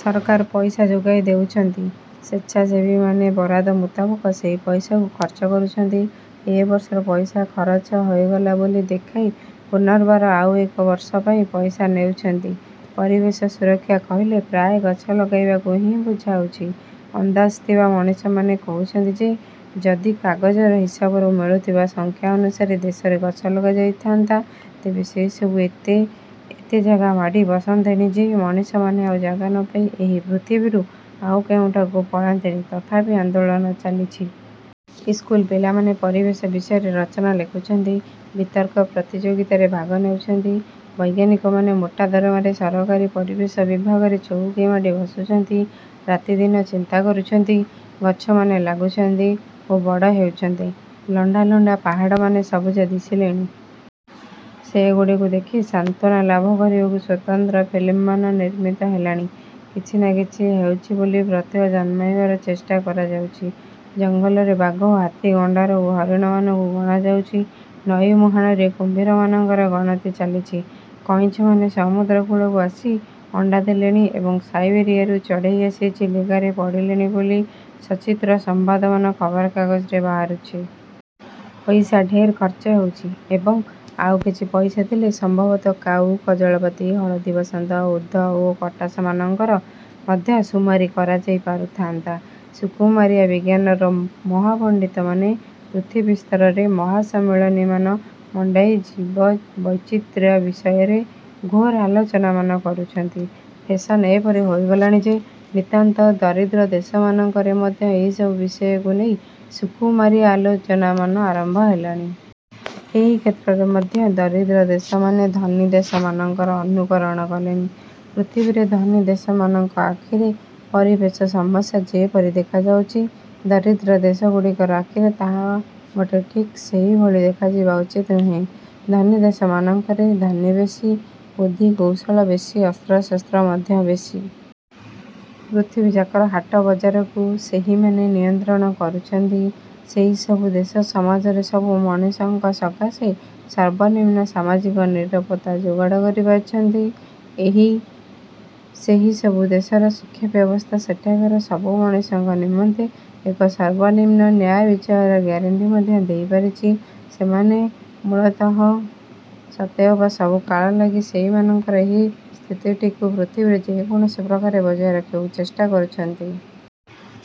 ସରକାର ପଇସା ଯୋଗାଇ ଦେଉଛନ୍ତି, ସେଚ୍ଛାସେବୀମାନେ ବରାଦ ମୁତାବକ ସେହି ପଇସାକୁ ଖର୍ଚ୍ଚ କରୁଛନ୍ତି। ଏବର୍ଷର ପଇସା ଖରଚ ହୋଇଗଲା ବୋଲି ଦେଖାଇ ପୁନର୍ବାର ଆଉ ଏକ ବର୍ଷ ପାଇଁ ପଇସା ନେଉଛନ୍ତି। ପରିବେଶ ସୁରକ୍ଷା କହିଲେ ପ୍ରାୟ ଗଛ ଲଗାଇବାକୁ ହିଁ ବୁଝାଉଛି। ଅନ୍ଦାଜ ଥିବା ମଣିଷମାନେ କହୁଛନ୍ତି ଯେ ଯଦି କାଗଜର ହିସାବରୁ ମିଳୁଥିବା ସଂଖ୍ୟା ଅନୁସାରେ ଦେଶରେ ଗଛ ଲଗାଯାଇଥାନ୍ତା, ତେବେ ସେସବୁ ଏତେ ଏତେ ଜାଗା ମାଡ଼ି ବସନ୍ତେଣି ଯେ, ମଣିଷମାନେ ଆଉ ଜାଗା ନପାଇ ଏହି ପୃଥିବୀରୁ ଆଉ କେଉଁଠାକୁ ପଳାନ୍ତେଣି, ତଥାପି ଆନ୍ଦୋଳନ ଚାଲିଛି। ଇସ୍କୁଲ ପିଲାମାନେ ପରିବେଶ ବିଷୟରେ ରଚନା ଲେଖୁଛନ୍ତି। ବିତର୍କ ପ୍ରତିଯୋଗିତାରେ ଭାଗ ନେଉଛନ୍ତି। ବୈଜ୍ଞାନିକମାନେ ମୋଟା ଦରମାରେ ସରକାରୀ ପରିବେଶ ବିଭାଗରେ ଚଉକୀ ମାଡ଼ି ବସୁଛନ୍ତି, ରାତି ଦିନ ଚିନ୍ତା କରୁଛନ୍ତି। ଗଛମାନେ ଲାଗୁଛନ୍ତି ଓ ବଡ଼ ହେଉଛନ୍ତି। ଲଣ୍ଡା ଲଣ୍ଡା ପାହାଡ଼ମାନେ ସବୁଜ ଦିଶିଲେଣି। ସେଗୁଡ଼ିକୁ ଦେଖି ସାନ୍ତ୍ୱନା ଲାଭ କରିବାକୁ ସ୍ୱତନ୍ତ୍ର ଫିଲ୍ମମାନ ନିର୍ମିତ ହେଲାଣି। କିଛି ନା କିଛି ହେଉଛି ବୋଲି ପ୍ରତ୍ୟୟ ଜନ୍ମାଇବାର ଚେଷ୍ଟା କରାଯାଉଛି। ଜଙ୍ଗଲରେ ବାଘ, ହାତୀ, ଗଣ୍ଡାର ଓ ହରିଣମାନଙ୍କୁ ଗଣାଯାଉଛି। ନଈମୁହାଣରେ କୁମ୍ଭୀରମାନଙ୍କର ଗଣତି ଚାଲିଛି। କଇଁଛମାନେ ସମୁଦ୍ର କୂଳକୁ ଆସି ଅଣ୍ଡା ଦେଲେଣି ଏବଂ ସାଇବେରିଆରୁ ଚଢ଼େଇ ଆସି ଚିଲିକାରେ ପଡ଼ିଲେଣି ବୋଲି ସଚିତ୍ର ସମ୍ବାଦମାନ ଖବରକାଗଜରେ ବାହାରୁଛି। ପଇସା ଢେର ଖର୍ଚ୍ଚ ହେଉଛି ଏବଂ ଆଉକିଛି ପଇସା ଥିଲେ ସମ୍ଭବତଃ କାଉ, କଜଳପାତି, ହଳଦୀବସନ୍ତ, ଓଧ ଓ କଟାସମାନଙ୍କର ମଧ୍ୟ ସୁମାରି କରାଯାଇ ପାରୁଥାନ୍ତା। ସୁକୁମାରିଆ ବିଜ୍ଞାନର ମହାପଣ୍ଡିତମାନେ ପୃଥିବୀ ସ୍ତରରେ ମହାସମ୍ମିଳନୀମାନ ମଣ୍ଡାଇ ଜୀବବୈଚିତ୍ର୍ୟ ବିଷୟରେ ଘୋର ଆଲୋଚନାମାନ କରୁଛନ୍ତି। ଫେଶନ ଏପରି ହୋଇଗଲାଣି ଯେ, ନିତାନ୍ତ ଦରିଦ୍ର ଦେଶମାନଙ୍କରେ ମଧ୍ୟ ଏହିସବୁ ବିଷୟକୁ ନେଇ ସୁକୁମାରିଆ ଆଲୋଚନାମାନ ଆରମ୍ଭ ହେଲାଣି। ଏହି କ୍ଷେତ୍ରରେ ମଧ୍ୟ ଦରିଦ୍ର ଦେଶମାନେ ଧନୀ ଦେଶମାନଙ୍କର ଅନୁକରଣ କଲେଣି। ପୃଥିବୀରେ ଧନୀ ଦେଶମାନଙ୍କ ଆଖିରେ ପରିବେଶ ସମସ୍ୟା ଯେପରି ଦେଖାଯାଉଛି, ଦରିଦ୍ର ଦେଶଗୁଡ଼ିକର ଆଖିରେ ତାହା ମୋଟେ ଠିକ୍ ସେହିଭଳି ଦେଖାଯିବା ଉଚିତ ନୁହେଁ। ଧନୀ ଦେଶମାନଙ୍କରେ ଧନୀ ବେଶୀ, ବୁଦ୍ଧି କୌଶଳ ବେଶୀ, ଅସ୍ତ୍ରଶସ୍ତ୍ର ମଧ୍ୟ ବେଶୀ। ପୃଥିବୀଯାକର ହାଟବଜାରକୁ ସେହିମାନେ ନିୟନ୍ତ୍ରଣ କରୁଛନ୍ତି। ସେହିସବୁ ଦେଶ ସମାଜରେ ସବୁ ମଣିଷଙ୍କ ସକାଶେ ସର୍ବନିମ୍ନ ସାମାଜିକ ନିରାପତ୍ତା ଯୋଗାଡ଼ କରି ପାରିଛନ୍ତି ଏହି ସେହିସବୁ ଦେଶର ଶିକ୍ଷାବ୍ୟବସ୍ଥା ସେଠାକାର ସବୁ ମଣିଷଙ୍କ ନିମନ୍ତେ ଏକ ସର୍ବନିମ୍ନ ନ୍ୟାୟବିଚାରର ଗ୍ୟାରେଣ୍ଟି ମଧ୍ୟ ଦେଇପାରିଛି। ସେମାନେ ମୂଳତଃ ସତେଅବା ସବୁ କାଳ ଲାଗି ସେଇମାନଙ୍କର ଏହି ସ୍ଥିତିଟିକୁ ପୃଥିବୀରେ ଯେକୌଣସି ପ୍ରକାରେ ବଜାୟ ରଖିବାକୁ ଚେଷ୍ଟା କରୁଛନ୍ତି।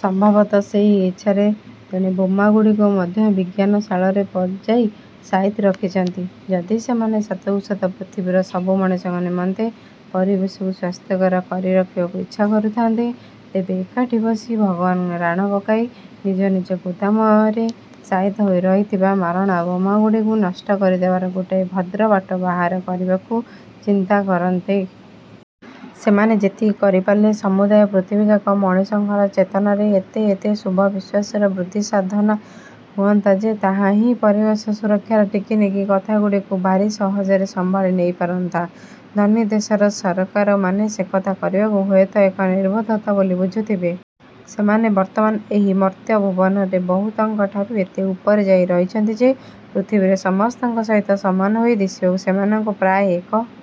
ସମ୍ଭବତଃ ସେହି ଇଚ୍ଛାରେ ତେଣେ ବୋମାଗୁଡ଼ିକୁ ମଧ୍ୟ ବିଜ୍ଞାନଶାଳରେ ପଜାଇ ସାଇତି ରଖିଛନ୍ତି। ଯଦି ସେମାନେ ସତକୁ ସତ ପୃଥିବୀର ସବୁ ମଣିଷଙ୍କ ନିମନ୍ତେ ପରିବେଶକୁ ସ୍ୱାସ୍ଥ୍ୟକର କରି ରଖିବାକୁ ଇଚ୍ଛା କରୁଥାନ୍ତେ, ତେବେ ଏକାଠି ବସି ଭଗବାନଙ୍କ ରାଣ ପକାଇ ନିଜ ନିଜ ଗୋଦାମରେ ସାଇତା ହୋଇ ରହିଥିବା ମାରଣା ବୋମାଗୁଡ଼ାକୁ ନଷ୍ଟ କରିଦେବାର ଗୋଟାଏ ଭଦ୍ର ବାଟ ବାହାର କରିବାକୁ ଚିନ୍ତା କରନ୍ତେ। ସେମାନେ ସେତିକି କରିପାରିଲେ ସମୁଦାୟ ପୃଥିବୀଯାକ ମଣିଷଙ୍କର ଚେତନାରେ ଏତେ ଏତେ ଶୁଭ ବିଶ୍ୱାସର ବୃଦ୍ଧିସାଧନ ହୁଅନ୍ତା ଯେ, ତାହା ହିଁ ପରିବେଶ ସୁରକ୍ଷାର ଟିକିନିଖି କଥାଗୁଡ଼ିକୁ ଭାରି ସହଜରେ ସମ୍ଭାଳି ନେଇପାରନ୍ତା। ଧନୀ ଦେଶର ସରକାରମାନେ ସେକଥା କରିବାକୁ ହୁଏତ ଏକ ନିର୍ବୋଧତା ବୋଲି ବୁଝୁଥିବେ। ସେମାନେ ବର୍ତ୍ତମାନ ଏହି ମର୍ତ୍ତ୍ୟଭୁବନରେ ବହୁତଙ୍କ ଠାରୁ ଏତେ ଉପରେ ଯାଇ ରହିଛନ୍ତି ଯେ ପୃଥିବୀରେ ସମସ୍ତଙ୍କ ସହିତ ସମାନ ହୋଇ ଦିଶିବାକୁ ସେମାନଙ୍କୁ ପ୍ରାୟ ଏକ